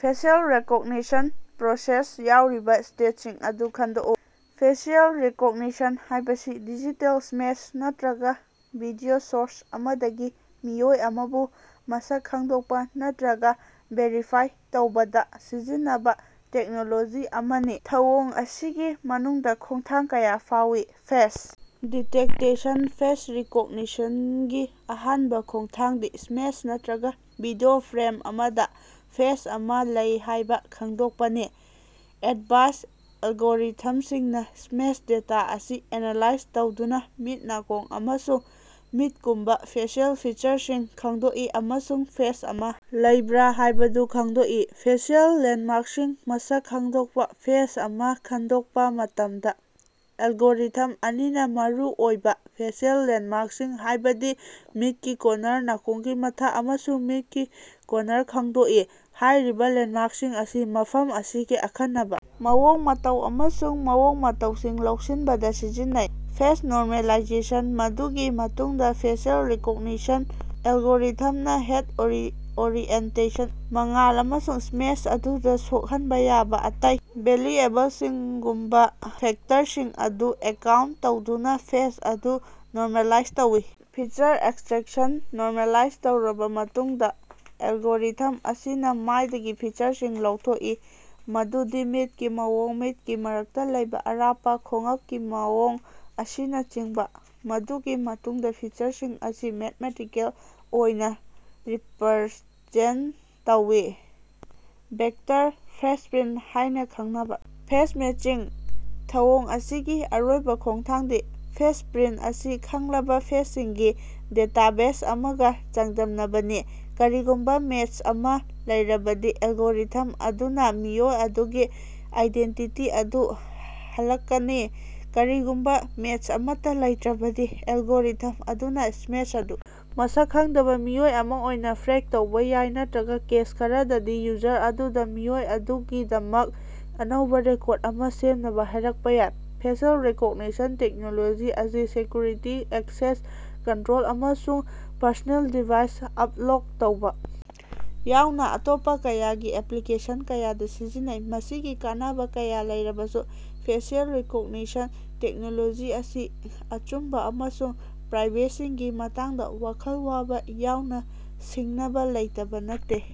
Facial recognition ꯄ꯭ꯔꯣꯁꯦꯁꯇ ꯌꯥꯎꯔꯤꯕ ꯁ꯭ꯇꯦꯠꯁꯤꯡ ꯑꯗꯨ ꯈꯟꯗꯣꯛꯎ꯫ ꯐꯦꯁꯤꯑꯦꯜ ꯔꯤꯀꯣꯒꯅꯤꯁꯟ ꯍꯥꯏꯕꯁꯤ ꯗꯤꯖꯤꯇꯦꯜ ꯏꯁꯃꯦꯖ ꯅꯠꯇꯔꯒ ꯚꯤꯗꯤꯑꯣ ꯁꯣꯔꯁ ꯑꯃꯗꯒꯤ ꯃꯤꯑꯣꯏ ꯑꯃꯕꯨ ꯃꯁꯛ ꯈꯪꯗꯣꯛꯄ ꯅꯠꯇꯔꯒ ꯚꯦꯔꯤꯐꯥꯏ ꯇꯧꯕꯗꯥ ꯁꯤꯖꯤꯟꯅꯕꯥ ꯇꯦꯛꯅꯣꯂꯣꯖꯤ ꯑꯃꯅꯤ꯫ ꯊꯧꯑꯣꯡ ꯑꯁꯤꯒꯤ ꯃꯅꯨꯡꯗ ꯈꯣꯡꯊꯥꯡ ꯀꯌꯥ ꯌꯥꯎꯏ, ꯐꯦꯁ ꯗꯤꯇꯦꯛꯇꯦꯁꯟ - ꯐꯦꯁ ꯔꯤꯀꯣꯒꯅꯤꯁꯟꯒꯤ ꯑꯍꯥꯟꯕ ꯈꯣꯡꯊꯥꯡꯗꯤ ꯏꯁꯃꯦꯖ ꯅꯠꯇꯔꯒ ꯚꯤꯗꯤꯑꯣ ꯐ꯭ꯔꯦꯝ ꯑꯃꯗ ꯐꯦꯁ ꯑꯃ ꯂꯩ ꯍꯥꯏꯕ ꯈꯪꯗꯣꯛꯄꯅꯤ꯫ ꯑꯦꯗꯚꯥꯁ ꯑꯦꯜꯒꯣꯔꯤꯊꯝꯁꯤꯡꯅ ꯏꯁꯃꯦꯖ ꯗꯦꯇꯥ ꯑꯁꯤ ꯑꯦꯅꯥꯂꯥꯏꯖ ꯇꯧꯗꯨꯅ ꯃꯤꯠ, ꯅꯥꯀꯣꯡ, ꯑꯃꯁꯨꯡ ꯃꯤꯠꯀꯨꯝꯕꯥ ꯐꯦꯁꯤꯌꯦꯜ ꯐꯤꯆꯔꯁꯤꯡ ꯈꯪꯗꯣꯛꯏ ꯑꯃꯁꯨꯡ ꯐꯦꯁ ꯑꯃ ꯂꯩꯕ꯭ꯔꯥ ꯍꯥꯏꯕꯗꯨ ꯈꯪꯗꯣꯛꯏ꯫ ꯐꯦꯁꯤꯑꯦꯜ ꯂꯦꯟꯗꯃꯥ꯭ꯔꯛꯁꯤꯡ ꯃꯁꯛ ꯈꯡꯗꯣꯛꯄ - ꯐꯦꯁ ꯑꯃ ꯈꯟꯗꯣꯛꯄ ꯃꯇꯝꯗ, ꯑꯦꯜꯒꯣꯔꯤꯊꯝ ꯑꯅꯤꯅ ꯃꯔꯨ ꯑꯣꯏꯕ ꯐꯦꯁꯤꯑꯦꯜ ꯂꯦꯟꯗꯃꯥ꯭ꯔꯛꯁꯤꯡ ꯍꯥꯏꯕꯗꯤ ꯃꯤꯠꯀꯤ ꯀꯣꯟꯅꯔ, ꯅꯥꯀꯣꯡꯒꯤ ꯃꯊꯛ, ꯑꯃꯁꯨꯡ ꯃꯤꯠꯀꯤ ꯀꯣꯟꯅꯔ ꯈꯪꯗꯣꯛꯏ꯫ ꯍꯥꯏꯔꯤꯕ ꯂꯦꯟꯗꯃꯥ꯭ꯔꯛꯁꯤꯡ ꯑꯁꯤ ꯃꯐꯝ ꯑꯁꯤꯒꯤ ꯑꯈꯟꯅꯕ ꯃꯑꯣꯡ ꯃꯇꯧ ꯑꯃꯁꯨꯡ ꯃꯑꯣꯡ ꯃꯇꯧꯁꯤꯡ ꯂꯧꯁꯤꯟꯕꯗ ꯁꯤꯖꯤꯟꯅꯩ꯫ ꯐꯦꯁ ꯅꯣꯔꯃꯦꯂꯥꯏꯖꯦꯁꯟ - ꯃꯗꯨꯒꯤ ꯃꯇꯨꯡꯗ ꯐꯦꯁꯤꯑꯦꯜ ꯔꯤꯀꯣꯒꯅꯤꯁꯟ ꯑꯦꯜꯒꯣꯔꯤꯊꯝꯅ ꯍꯦꯗ ꯑꯣꯔꯤ ꯑꯣꯔꯤꯑꯦꯟꯇꯦꯁꯟ, ꯃꯉꯥꯜ, ꯑꯃꯁꯨꯡ ꯏꯁꯃꯦꯖ ꯑꯗꯨꯗ ꯁꯣꯛꯍꯟꯕ ꯌꯥꯕ ꯑꯇꯩ ꯚꯦꯔꯤꯑꯦꯕꯜꯁꯤꯡꯒꯨꯝꯕ ꯐꯦꯛꯇꯔꯁꯤꯡ ꯑꯗꯨ ꯑꯦꯀꯥꯎꯟꯇ ꯇꯧꯗꯨꯅ ꯐꯦꯁ ꯑꯗꯨ ꯅꯣꯔꯃꯦꯂꯥꯏꯖ ꯇꯧꯏ꯫ ꯐꯤꯆꯔ ꯑꯦꯛꯁꯇ꯭ꯔꯦꯛꯁꯟ - ꯅꯣꯔꯃꯦꯂꯥꯏꯖ ꯇꯧꯔꯕ ꯃꯇꯨꯡꯗ, ꯑꯦꯜꯒꯣꯔꯤꯊꯝ ꯑꯁꯤꯅ ꯃꯥꯏꯗꯒꯤ ꯐꯤꯆꯔꯁꯤꯡ ꯂꯧꯊꯣꯛꯏ, ꯃꯗꯨꯗꯤ ꯃꯤꯠꯀꯤ ꯃꯑꯣꯡ, ꯃꯤꯠꯀꯤ ꯃꯔꯛꯇ ꯂꯩꯕ‌ ꯑꯔꯥꯞꯄ, ꯈꯣꯡꯎꯞꯀꯤ ꯃꯑꯣꯡ ꯑꯁꯤꯅꯆꯤꯡꯕ, ꯃꯗꯨꯒꯤ ꯃꯇꯨꯡꯗ ꯐꯤꯆꯔꯁꯤꯡ ꯑꯁꯤ ꯃꯦꯊꯃꯦꯇꯤꯀꯦꯜ ꯑꯣꯏꯅ ꯔꯤꯄꯔꯖꯦꯟꯇ ꯇꯧꯏ꯫ ꯚꯦꯛꯇꯔ, ꯐꯦꯁꯄ꯭ꯔꯤꯟꯇ ꯍꯥꯏꯅ ꯈꯪꯅꯕ ꯐꯦꯁ ꯃꯦꯆꯤꯡ - ꯊꯧꯑꯣꯡ ꯑꯁꯤꯒꯤ ꯑꯔꯣꯏꯕ ꯈꯣꯡꯊꯥꯡꯗꯤ ꯐꯦꯁꯄ꯭ꯔꯤꯟꯇ ꯑꯁꯤ ꯈꯪꯂꯕ ꯐꯦꯁꯁꯤꯡꯒꯤ ꯗꯦꯇꯥꯕꯦꯖ ꯑꯃꯒ ꯆꯥꯡꯗꯝꯅꯕꯅꯤ꯫ ꯀꯔꯤꯒꯨꯝꯕ ꯃꯦꯆ ꯑꯃ ꯂꯩꯔꯕꯗꯤ, ꯑꯦꯜꯒꯣꯔꯤꯊꯝ ꯑꯗꯨꯅ ꯃꯤꯑꯣꯏ ꯑꯗꯨꯒꯤ ꯑꯥꯏꯗꯦꯟꯇꯤꯇꯤ ꯑꯗꯨ ꯍꯜꯂꯛꯀꯅꯤ꯫ ꯀꯔꯤꯒꯨꯝꯕ ꯃꯦꯆ ꯑꯃꯠꯇ ꯂꯩꯇꯔꯕꯗꯤ, ꯑꯦꯜꯒꯣꯔꯤꯊꯝ ꯑꯗꯨꯅ ꯏꯁꯃꯦꯖ ꯑꯗꯨ ꯃꯁꯛ ꯈꯪꯗꯕ ꯃꯤꯑꯣꯏ ꯑꯃ ꯑꯣꯏꯅ ꯐ꯭ꯂꯦꯒ ꯇꯧꯕ ꯌꯥꯏ ꯅꯠꯇꯔꯒ, ꯀꯦꯁ ꯈꯔꯗꯗꯤ, ꯌꯨꯖꯔ ꯑꯗꯨꯗ ꯃꯤꯑꯣꯏ ꯑꯗꯨꯒꯤꯗꯃꯛ ꯑꯅꯧꯕ ꯔꯦꯀꯣꯔꯗ ꯑꯃ ꯁꯦꯝꯅꯕ ꯍꯥꯏꯔꯛꯄ ꯌꯥꯏ꯫ ꯐꯦꯁꯤꯑꯦꯜ ꯔꯤꯀꯣꯒꯅꯤꯁꯟ ꯇꯦꯛꯅꯣꯂꯣꯖꯤ ꯑꯁꯤ ꯁꯦꯀ꯭ꯌꯨꯔꯤꯇꯤ, ꯑꯦꯛꯁꯦꯁ ꯀꯟꯇꯔꯣꯜ, ꯑꯃꯁꯨꯡ ꯄꯔꯁꯣꯅꯦꯜ ꯗꯤꯚꯥꯏꯁ ꯑꯞꯂꯣꯛ ꯇꯧꯕ ꯌꯥꯎꯅ ꯑꯇꯣꯞꯄ ꯀꯌꯥꯒꯤ ꯑꯦꯄ꯭ꯂꯤꯀꯦꯁꯟ ꯀꯌꯥꯗ ꯁꯤꯖꯤꯟꯅꯩ꯫ ꯃꯁꯤꯒꯤ ꯀꯥꯟꯅꯕꯥ ꯀꯌꯥ ꯂꯩꯔꯕꯁꯨ, ꯐꯦꯁꯤꯑꯦꯜ ꯔꯤꯀꯣꯒꯅꯤꯁꯟ ꯇꯦꯛꯅꯣꯂꯣꯖꯤ ꯑꯁꯤ ꯑꯆꯨꯝꯕ ꯑꯃꯁꯨꯡ ꯄ꯭ꯔꯥꯏꯕꯦꯁꯤꯒꯤ ꯃꯇꯥꯡꯗ ꯋꯥꯈꯜ ꯋꯥꯕ ꯌꯥꯎꯅ ꯁꯤꯡꯅꯕꯥ ꯂꯩꯇꯕ ꯅꯠꯇꯦ꯫